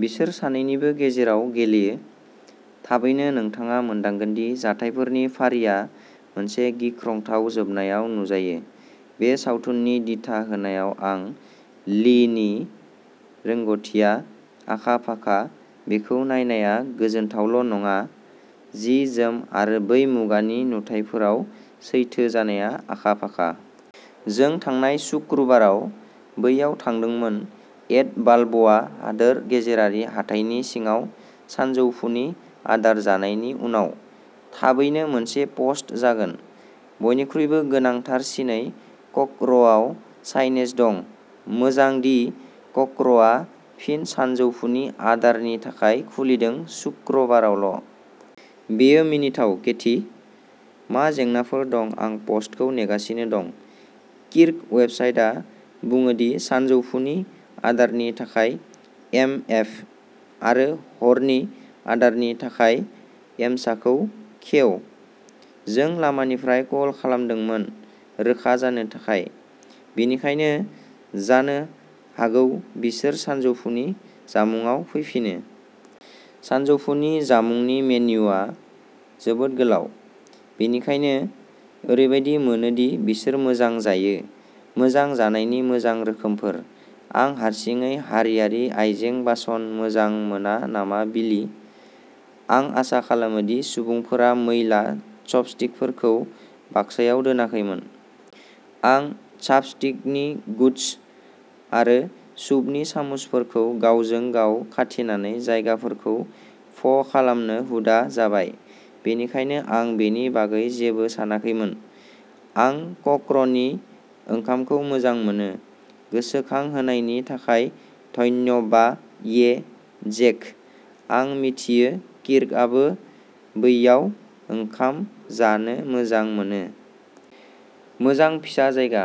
बिसोर सानैनिबो गेजेराव गेलेयो। थाबैनो, नोंथाङा मोनदांगोन दि जाथायफोरनि फारिया मोनसे गिख्रंथाव जोबनायाव नुजायो। बे सावथुननि दिथा होनायाव आं लीनि रोंग'थिआ आखा फाखा बेखौ नायनाया गोजोनथावल' नङा जि जोम आरो बै मुगानि नुथायफोराव सैथो जानाया आखा-फाखा। जों थांनाय सुक्रुबाराव बैयाव थांदोंमोन एड बालब'आ हादोर गेजेरारि हाथाइनि सिङाव सानजौफुनि आदार जानायनि उनाव। थाबैनो मोनसे पस्ट जागोन। बयनिख्रुइबो गोनांथारसिनै क'कर'आव साइनेज दं! मोजां दि क'कर'आ फिन सानजौफुनि आदारनि थाखाय खुलिदों शुक्रबारावल'। बेयो मिनिथाव, केथी। मा जेंनाफोर दं आं पस्टखौ नेगासिनो दं। किर्क, वेबसाइटआ बुङो दि सानजौफुनि आदारनि थाखाय एम एफ आरो हरनि आदारनि थाखाय एमसाखौ खेव। जों लामानिफ्राय कल खालामदोंमोन रोखा जानो थाखाय। बेनिखायनो जानो हागौ बिसोर सानजौफुनि जामुंआव फैफिनो। सानजौफुनि जामुंनि मेन्युआ जोबोद गोलाव, बेनिखायनो ओरैबादि मोनो दि बिसोर मोजां जायो। मोजां जानायनि मोजां रोखोमफोर। आं हारसिङै हारियारि आयजें-बासन मोजां मोना नामा बिलि आं आसा खालामो दि सुबुंफोरा मैला चपस्टिकफोरखौ बाक्सायाव दोनाखैमोन। आं चापस्टिकनि गुच्छ आरो सुपनि सामुसफोरखौ गावजों गाव खाथेनानै जायगाफोरखौ फ'खालामनो हुदा जाबाय बेनिखायनो आं बेनि बागै जेबो सानाखैमोन। आं क'कर'नि ओंखामखौ मोजां मोनो! गोसोखांहोनायनि थाखाय धन्यबा ये जेक आं मिथियो किर्कआबो बैयाव ओंखाम जानो मोजां मोनो। मोजां फिसा जायगा।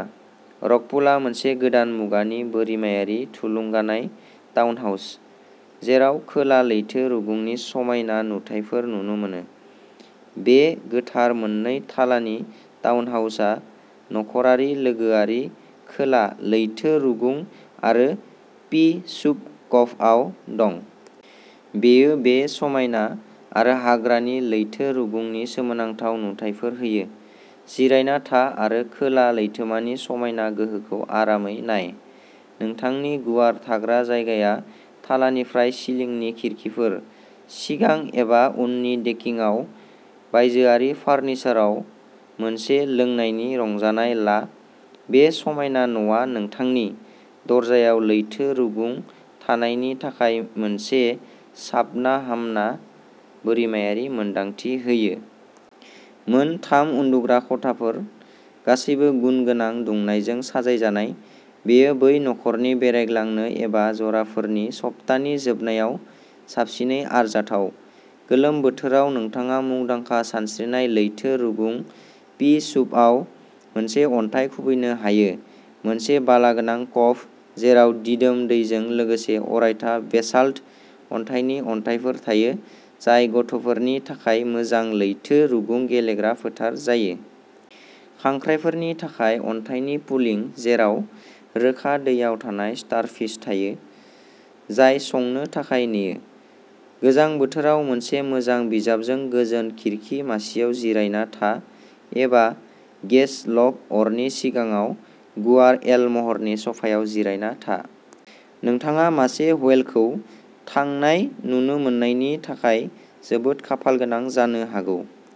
रकपुलआ मोनसे गोदान मुगानि बोरिमायारि थुलुंगानाय टाउनहाउस, जेराव खोला लैथो रुगुंनि समायना नुथायफोर नुनो मोनो। बे गोथार मोननै थालानि टाउनहाउसा नखरारि लोगोआरि खोला लैथो रुगुं आरो पी सुप कभआव दं। बेयो बे समायना आरो हाग्रानि लैथो रुगुंनि सोमोनांथाव नुथायफोर होयो। जिरायना था आरो खोला लैथोमानि समायना गोहोखौ आरामै नाय। नोंथांनि गुवार थाग्रा जायगाया थालानिफ्राय सिलिंनि खिरखिफोर। सिगां एबा उननि देकिंआव बायजोआरि फार्निचाराव मोनसे लोंनायनि रंजानाय ला बे समायना न'आ नोंथांनि दरजायाव लैथो रुगुं थानायनि थाखाय मोनसे साबना-हामना बोरिमायारि मोनदांथि होयो। मोन थाम उन्दुग्रा खथाफोर गासैबो गुनगोनां दुंनायजों साजायजानाय, बेयो बै नखरनि बेरायग्लांनो एबा जराफोरनि सप्तानि जोबनायाव साबसिनै आरजाथाव। गोलोम बोथोराव नोंथाङा मुंदांखा सानस्रिनाय लैथो रुगुं पि सूपआव मोनसे अन्थाइ खुबैनो हायो मोनसे बालागोनां क'भ जेराव दिदोम दैजों लोगोसे अरायथा बेसाल्ट अन्थाइनि अन्थाइफोर थायो जाय गथ'फोरनि थाखाय मोजां लैथो रुगुं गेलेग्रा फोथार जायो। खांख्रायफोरनि थाखाय अन्थाइनि पुलिं जेराव रोखा दैयाव थानाय स्टारफिश थायो, जाय संनो थाखाय नेयो। गोजां बोथोराव, मोनसे मोजां बिजाबजों गोजोन खिरखि मासिआव जिरायना था एबा गेस लग अरनि सिगाङाव गुवार एल महरनि स'फायाव जिरायना था। नोंथाङा मासे व्हेलखौ थांनाय नुनो मोन्नायनि थाखाय जोबोद खाफालगोनां जानो हागौ।